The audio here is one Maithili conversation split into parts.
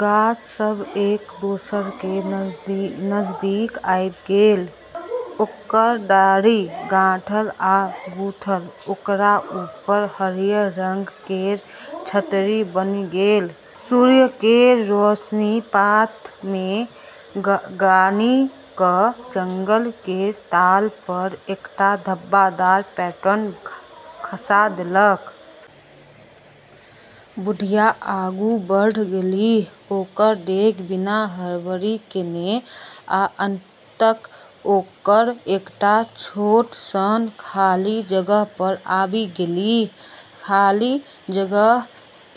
गाछ सभ एक दोसरा केर नजदीक आबि गेल, ओकर डारि गाँठल आ गूंथल, ओकरा ऊपर हरियर रंग केर छतरी बनि गेलै। सूर्य केर रोशनी पात मे छानि कऽ जंगल केर तल पर एकटा धब्बादार पैटर्न खसा देलक। बुढ़िया आगू बढ़लीह, ओकर डेग बिना हड़बड़ी केने, आ अंततः ओ एकटा छोट सन खाली जगह पर आबि गेलीह। खाली जगह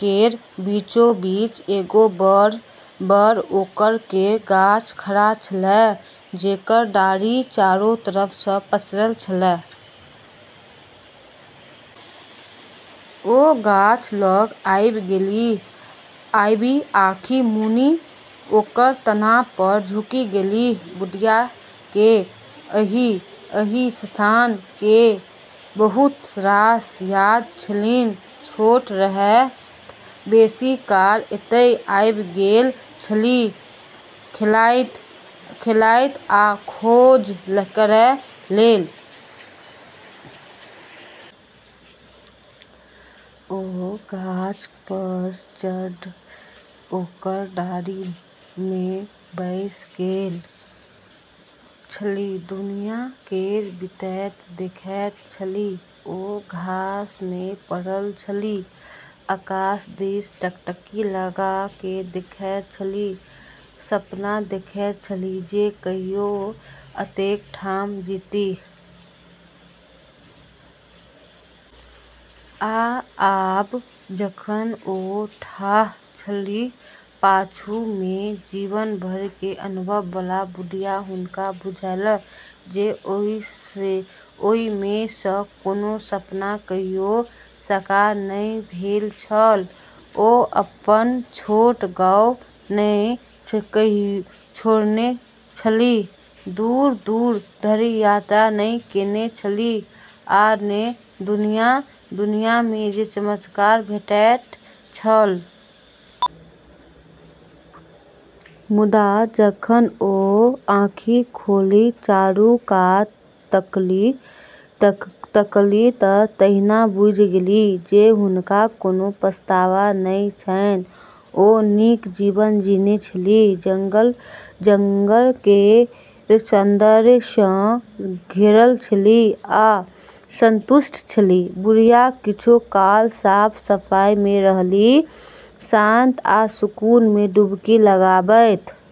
केर बीचोबीच एगो बड़ ओक केर गाछ खड़ा छेलै, जेकर डारि चारो तरफ पसरल छेलै। ओ गाछ लग आबि आँखि मुनि ओकर तना पर झुकि गेलीह। बुढ़िया के एहि स्थान केर बहुत रास याद छलनि। छोट रहैत बेसी काल एतय आबि गेल छलीह, खेलाइत आ खोज करै लेल। ओ गाछ पर चढ़ि ओकर डारि मे बैसि गेल छलीह, दुनिया केर बीतैत देखैत छलीह। ओ घास मे पड़ल छलीह, आकाश दिस टकटकी लगा कऽ देखैत छलीह, सपना देखैत छलीह जे कहियो ओ जतेक ठाम जेतीह। आ आब जखन ओ ठाढ़ छलीह, पाछू मे जीवन भरि केर अनुभव बला बुढ़िया, हुनका बुझायल जे ओहि मे सँ कोनो सपना कहियो साकार नहि भेल छल। ओ अपन छोट गाउँ नहि छोड़ने छलीह, दूर-दूर धरि यात्रा नहि केने छलीह आ ने दुनिया मे जे चमत्कार भेटैत छल से देखने छलीह। मुदा जखन ओ आँखि खोलि चारू कात तकलीह तहिना बुझि गेलीह जे हुनका कोनो पछतावा नहि छनि। ओ नीक जीवन जीने छलीह, जंगल केर सौन्दर्य सँ घेरल छलीह आ संतुष्ट छलीह। बुढ़िया किछु काल साफ-सफाई मे रहलीह, शांति आ सुकून मे डुबकी लगबैत रहलीह।